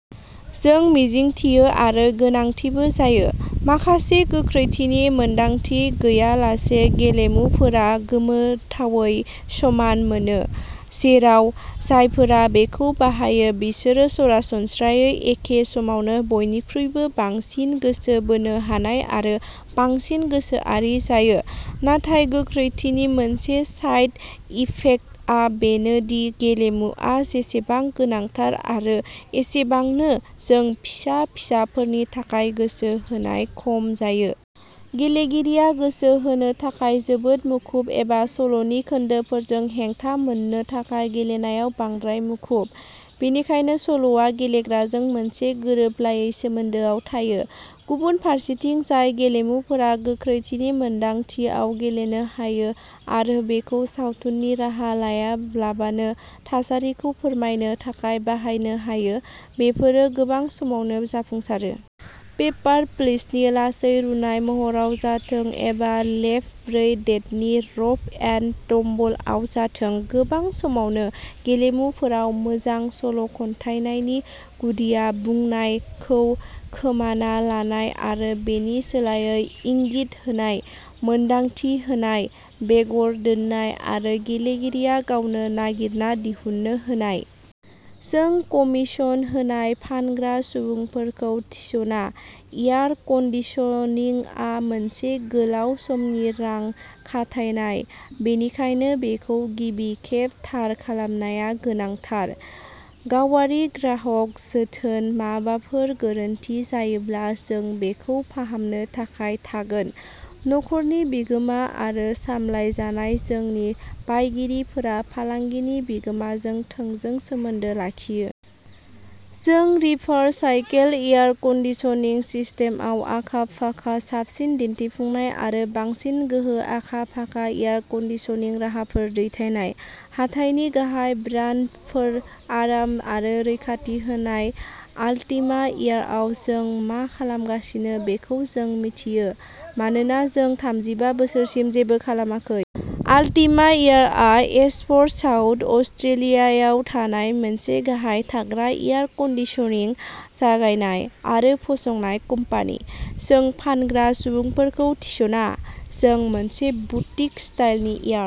जों मिजिंथियो आरो गोनांथिबो जायो। माखासे गोख्रैथिनि मोनदांथि गैयालासे गेलेमुफोरा गोमोथावै समान मोनो, जेराव जायफोरा बेखौ बाहायो बिसोरो सरासनस्रायै एखे समावनो बयनिख्रुइबो बांसिन गोसो बोनो हानाय आरो बांसिन गोसोआरि जायो। नाथाय गोख्रैथिनि मोनसे साइड इफेक्टआ बेनो दि गेलेमुआ जेसेबां गोनांथार आरो एसेबांनो जों फिसा-फिसाफोरनि थाखाय गोसो होनाय खम जायो। गेलेगिरिया गोसो होनो थाखाय जोबोद मुखुब एबा सल'नि खोन्दोफोरजों हेंथा मोननो थाखाय गेलेनायाव बांद्राय मुखुब। बेनिखायनो सल'आ गेलेग्राजों मोनसे गोरोबलायै सोमोन्दोआव थायो। गुबुन फारसेथिं जाय गेलेमुफोरा गोख्रैथिनि मोनदांथियाव गेलेनो हायो आरो बेखौ सावथुननि राहा लायालाबानो थासारिखौ फोरमायनो थाखाय बाहायनो हायो, बेफोरो गोबां समावनो जाफुंसारो। पेपार प्लिसनि लासै रुनाय महराव जाथों एबा लेफ्ट ब्रै डेडनि र'फ एन्ड टम्बलआव जाथों गोबां समावनो गेलेमुफोराव मोजां सल'खन्थानायनि गुदिआ "बुंनाय" खौ खोमाना लानाय आरो बेनि सोलायै इंगित होनाय, मोनदांथि होनाय, बेगर दोननाय आरो गेलेगिरिया गावनो नागिरना दिहुननो होनाय। जों कमिसन होनाय फानग्रा सुबुंफोरखौ थिसना, एयार कन्दिसनिंआ मोनसे गोलाव समनि रां खाथायनाय, बेनिखायनो बेखौ गिबि खेब थार खालामनाया गोनांथार। गावारि ग्राहक जोथोन माबाफोर गोरोन्थि जायोब्ला जों बेखौ फाहामनो थाखाय थागोन। न'खरनि बिगोमा आरो सामलायजानाय जोंनि बायगिरिफोरा फालांगिनि बिगोमाजों थोंजों सोमोन्दो लाखियो। जों रिभार्स साइकेल एयार कन्दिसनिं सिस्टेमआव आखा-फाखा साबसिन दिन्थिफुंनाय आरो बांसिन गोहो आखा-फाखा एयार कन्दिसनिं राहाफोर दैथायनाय। हाथाइनि गाहाय ब्रान्डफोर आराम आरो रैखाथि होनाय। आल्टिमा एयारआव जों मा खालामगासिनो बेखौ जों मिथियो। मानोना जों थामजिबा बोसोरसिम जेबो खालामाखै। आल्टिमा एयारआ एशफर्ड साउथ अस्ट्रेलियायाव थानाय मोनसे गाहाय थाग्रा एयार कन्दिसनिं जगायनाय आरो फसंनाय कम्पानि। जों फानग्रा सुबुंफोरखौ थिसना। जों मोनसे बुटिक स्टाइलनि एयार।